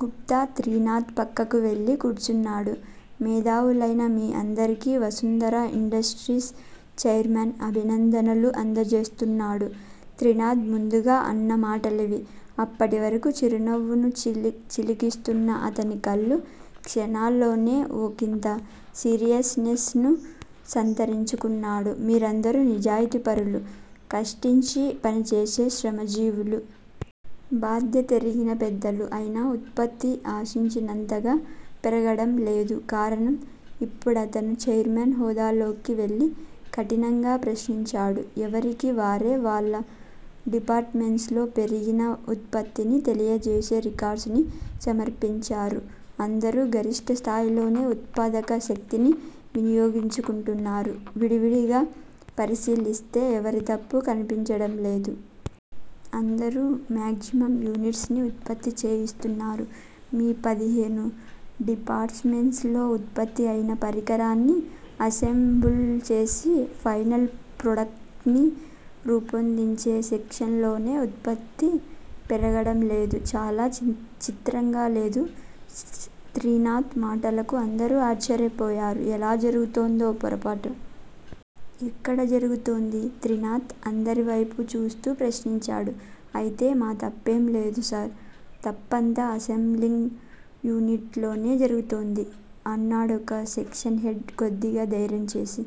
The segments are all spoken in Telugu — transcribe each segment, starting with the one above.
గుప్తా త్రినాధ్ పక్కకు వెళ్ళి కూర్చున్నాడు. మేధావులైన మీ అందరికీ వసుంధరా ఇండస్ట్రీస్ చైర్మెన్ అభినందనలు అందజేస్తున్నాడు త్రినాధ్ ముందుగా అన్న మాటలివి. అప్పటివరకూ చిరునవ్వును చిలికిస్తున్న అతని కళ్ళు క్షణాల్లోనే ఒకింత సీరియస్ నెస్ ను సంతరించుకున్నాడు. మీరందరూ నిజాయితీపరులు, కష్టించి పనిచేసే శ్రమజీవులు. బాధ్యతెరిగిన పెద్దలు. అయినా ఉత్పత్తి ఆశించినంతగా పెరగడం లేదు. కారణం? ఇప్పుడతను చైర్మన్ హోదాలోకి వెళ్ళి కఠినంగా ప్రశ్నించాడు. ఎవరికి వారే వాళ్ళ డిపార్టుమెంట్స్ లో పెరిగిన ఉత్పత్తిని తెలియజేసే రికార్డ్స్ ని సమర్పించారు. అందరూ గరిష్టస్థాయిలోనే ఉత్పాదక శక్తిని వినియోగించుకుంటున్నారు. విడివిడిగా పరిశీలిస్తే ఎవరి తప్పూ కనిపించడం లేదు. అందరూ మాగ్జిమమ్ యూనిట్స్ ని ఉత్పత్తి చేయిస్తున్నారు. మీ పదిహేను డిపార్ట్ మెంట్స్ లో ఉత్పత్తి అయిన పరికరాల్ని అసెంబుల్ చేసి ఫైనల్ ప్రోడక్ట్ ని రూపొందించే సెక్షన్ లోనే ఉత్పత్తి పెరగడంలేదు. చాలా చిత్రంగా లేదు? త్రినాధ్ మాటలకు అందరూ ఆశ్చర్యపోయారు. ఎలా జరుగుతోందో పొరపాటు? ఎక్కడ జరుగుతోంది? త్రినాధ్ అందరివైపూ చూస్తూ ప్రశ్నించాడు. అయితే మా తప్పేం లేదు సార్. తప్పంతా అసెంబ్లింగ్ యూనిట్ లోనే జరుగుతోంది అన్నాడొక సెక్షన్ హెడ్ కొద్దిగా ధైర్యం చేసి.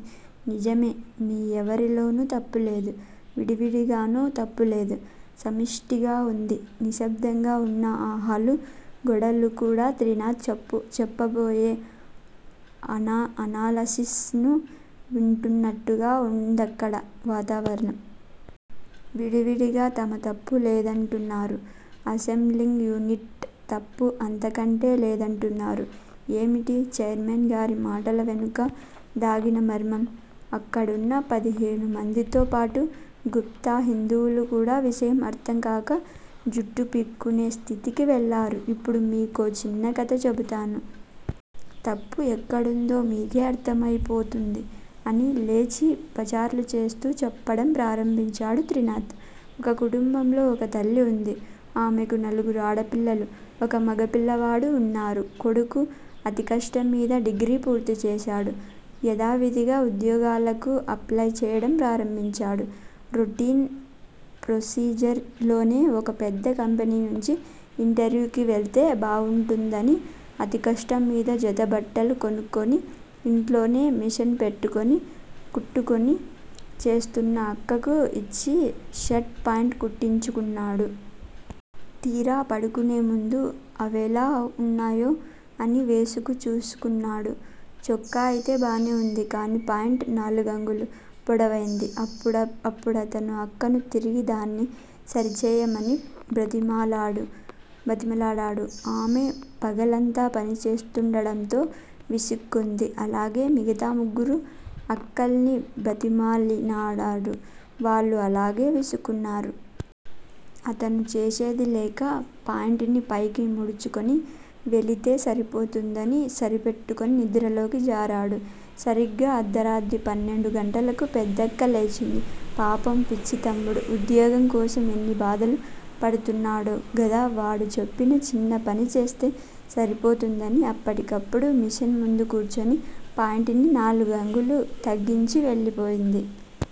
నిజమే- మీ ఎవ్వరిలోనూ తప్పులేదు. విడివిడిగానూ తప్పు లేదు సమిష్టిగా వుంది నిశ్శబ్దంగా వున్న ఆ హాలు గోడలు కూడా త్రినాధ్ చెప్పబోయే అనాలసిస్ ను వింటున్నట్టుగా వుందక్కడ వాతావరణం. విడివిడిగా తమ తప్పు లేదంటున్నారు. అసెంబ్లింగ్ యూనిట్ తప్పు అంతకంటే లేదంటున్నారు. ఏమిటి చైర్మన్ గారి మాటల వెనుక దాగిన మర్మం? అక్కడున్న పదిహేనుమందితోపాటు గుప్తా, హిందూలు కూడా విషయం అర్ధం కాక జుట్టు పీక్కునే స్థితికి వెళ్ళారు. ఇప్పుడు మీకో చిన్న కథ చెబుతాను. తప్పు ఎక్కడుందో మీకే అర్ధమయిపోతుంది అని లేచి పచార్లు చేస్తూ చెప్పడం ప్రారంభించాడు త్రినాధ్. ఒక కుటుంబంలో ఒక తల్లి వుంది. ఆమెకు నలుగురు ఆడపిల్లలు, ఒక మగపిల్లవాడు వున్నారు. కొడుకు అతికష్టంమీద డిగ్రీ పూర్తిచేశాడు. యధావిధిగా ఉద్యోగాలకు అప్లై చేయడం ప్రారంభించాడు. రొటీన్ ప్రొసీజర్ లోనే ఒక పెద్ద కంపెనీ నుంచి ఇంటర్వ్యూకి వెళ్తే బావుంటుదని అతికష్టంమీద జత బట్టలు కొనుక్కొని, ఇంట్లోనే మెషిన్ పెట్టుకోని కుట్టుకోని చేస్తున్న అక్కకు ఇచ్చి షర్ట్, పాంట్ కుట్టించుకున్నాడు. తీరా పడుకునేముందు అవెలా వున్నాయో అని వేసుకు చూసుకున్నాడు. చొక్కా అయితే బానే వుంది. కాని, పాంట్ నాలుగుఅంగులు పొడవైంది. అప్పుడతను అక్కను తిరిగి దాన్ని సరిచేయమని బ్రతిమిలాడాడు. ఆమె పగలంతా పని చేస్తుండడంతో విసుక్కుంది. అలాగే మిగతా ముగ్గురు అక్కల్ని బ్రతిమాలినాడాడు. వాళ్ళూ అలాగే విసుక్కున్నారు. అతను చేసేదిలేక పాంట్ ని పైకి మడుచుకోని వెళితే సరిపోతుందని సరిపెట్టుకోని నిద్రలోకి జారాడు. సరీగ్గా అర్దరాత్రి పన్నెండు గంటలకు పెద్దక్క లేచింది. పాపం! పిచ్చి తమ్ముడు, ఉద్యోగం కోసం ఎన్ని బాధలు పడుతున్నాడో గదా వాడు చెప్పిన చిన్న పని చేస్తే సరిపోతుందని అప్పటికప్పుడు మెషిన్ ముందు కూర్చోని పాంట్ ని నాలుగుఅంగులు తగ్గించి వెళ్ళి పోయింది.